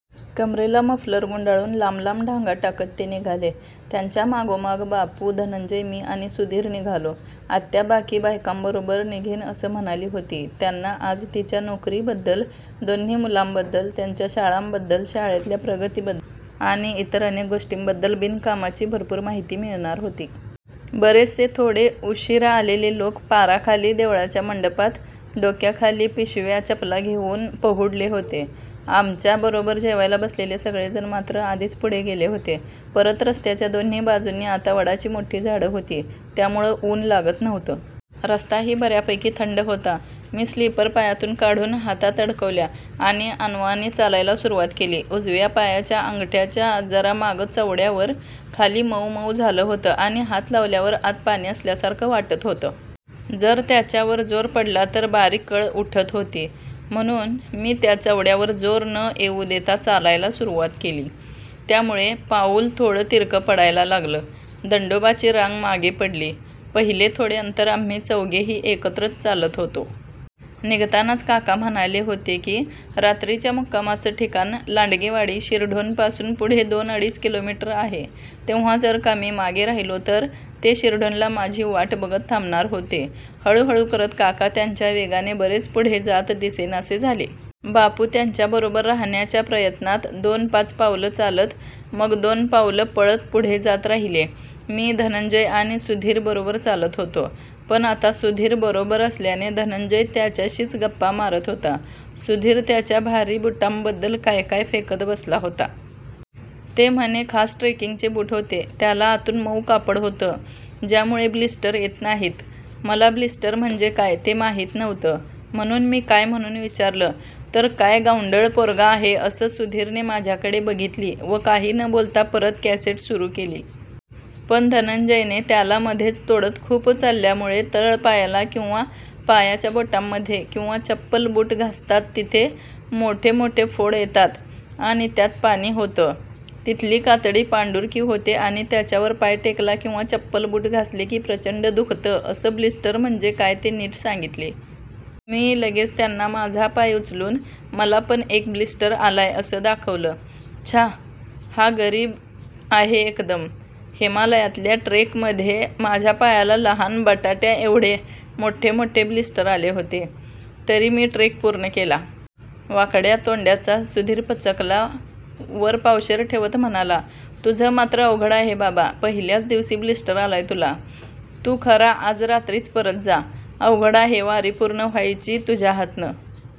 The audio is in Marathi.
कमरेला मफलर गुंडाळून लांब लांब ढांगा टाकत ते निघाले. त्यांच्या मागोमाग बापू, धनंजय, मी आणि सुधीर निघालो. आत्या बाकी बायकांबरोबर निघेन असं म्हणाली होती त्यांना आज तिच्या नोकरीबद्दल, दोन्ही मुलांबद्दल, त्यांच्या शाळांबद्दल, शाळेतल्या प्रगतीबद्दल आणि इतर अनेक गोष्टींबद्दल बिनकामाची भरपूर माहिती मिळणार होती. बरेचसे थोडे उशीरा आलेले लोक पाराखाली, देवळाच्या मंडपात, डोक्याखाली पिशव्या-चपला घेउन पहुडले होते. आमच्या बरोबर जेवायला बसलेले सगळेजण मात्र आधीच पुढे गेले होते. परत रस्त्याच्या दोन्ही बाजूनी आता वडाची मोठी झाडं होती त्यामुळं उन लागत नव्हतं. रस्ताही बर्यापैकी थंड होता. मी स्लीपर पायातून काढून हातात अडकवल्या आणि अनवाणी चालायला सुरुवात केली. उजव्या पायाच्या अंगठ्याच्या जरा मागं चवड्यावर खाली मउ मउ झालं होतं आणि हात लावल्यावर आत पाणी झाल्यासारखं वाटत होतं. जर त्याच्यावर जोर पडला तर बारीक कळ उठत होती. म्हणुन मी त्या चवड्यावर जोर न येउ देता चालायला सुरुवात केली. त्यामुळे पाउल थोडं तिरकं पडायला लागलं. दंडोबाची रांग मागे पडली. पहिले थोडे अंतर आम्ही चौघेही एकत्रच चालत होतो. निघतानाच काका म्हणाले होते की रात्रीच्या मुक्कामाचं ठिकाण, लांडगेवाडी, शिरढोणपासून पुढे दोन-अडीच किलोमीटर आहे. तेव्हा जर का मी मागे राहिलो तर ते शिरढोणला माझी वाट बघत थांबणार होते. हळुहळु करत काका त्यांच्या वेगाने बरेच पुढे जात दिसेनासे झाले. बापू त्यांच्याबरोबर राहण्याच्या प्रयत्नात दोन-पाच पावलं चालत, मग दोन पावलं पळत पुढे जात राहिले. मी धनंजय आणि सुधीर बरोबर चालत होतो. पण आता सुधीर बरोबर असल्याने धनंजय त्याच्याशीच गप्पा मारत होता. सुधीर त्याच्या भारी बुटांबद्दल काय काय फेकत बसला होता. ते म्हणे खास ट्रेकिंगचे बूट होते. त्याला आतून मउ कापड होतं ज्यामुळे ब्लिस्टर येत नाहीत. मला ब्लिस्टर म्हणजे काय ते माहिती नव्हतं म्हणुन मी काय म्हणुन विचारलं तर काय गावंढळ पोरगा आहे असं सुधीरने माझ्याकडे बघितली व काही न बोलता परत कॅसेट सुरु केली. पण धनंजयने त्याला मध्येच तोडत खूप चालल्यामुळे तळपायाला किंवा पायाच्या बोटांमध्ये किंवा चप्पल-बूट घासतात तिथे मोठे मोठे फोड येतात आणि त्यात पाणी होतं. तिथली कातडी पांढुरकी होते आणि त्याच्यावर पाय टेकला किंवा चप्पल-बूट घासले की प्रचंड दुखतं असं ब्लिस्टर म्हणजे काय ते नीट सांगितले. मी लगेच त्यांना माझा पाय उचलून मला पण एक ब्लिस्टर आलाय असं दाखवलं. छ्या! हा गरीब आहे एकदम. हिमालयातल्या ट्रेकमध्ये माझ्या पायाला लहान बटाट्याएव्हडे मोठे मोठे ब्लिस्टर आले होते. तरी मी ट्रेक पूर्ण केला. वाकड्या तोंड्याचा सुधीर पचकला. वर पावशेर ठेवत म्हणाला, तुझं मात्र अवघड आहे बाबा. पहिल्याच दिवशी ब्लिस्टर आलाय तुला. तू खरा आज रात्रीच परत जा. अवघड आहे वारी पूर्ण व्हायची तुझ्या हातनं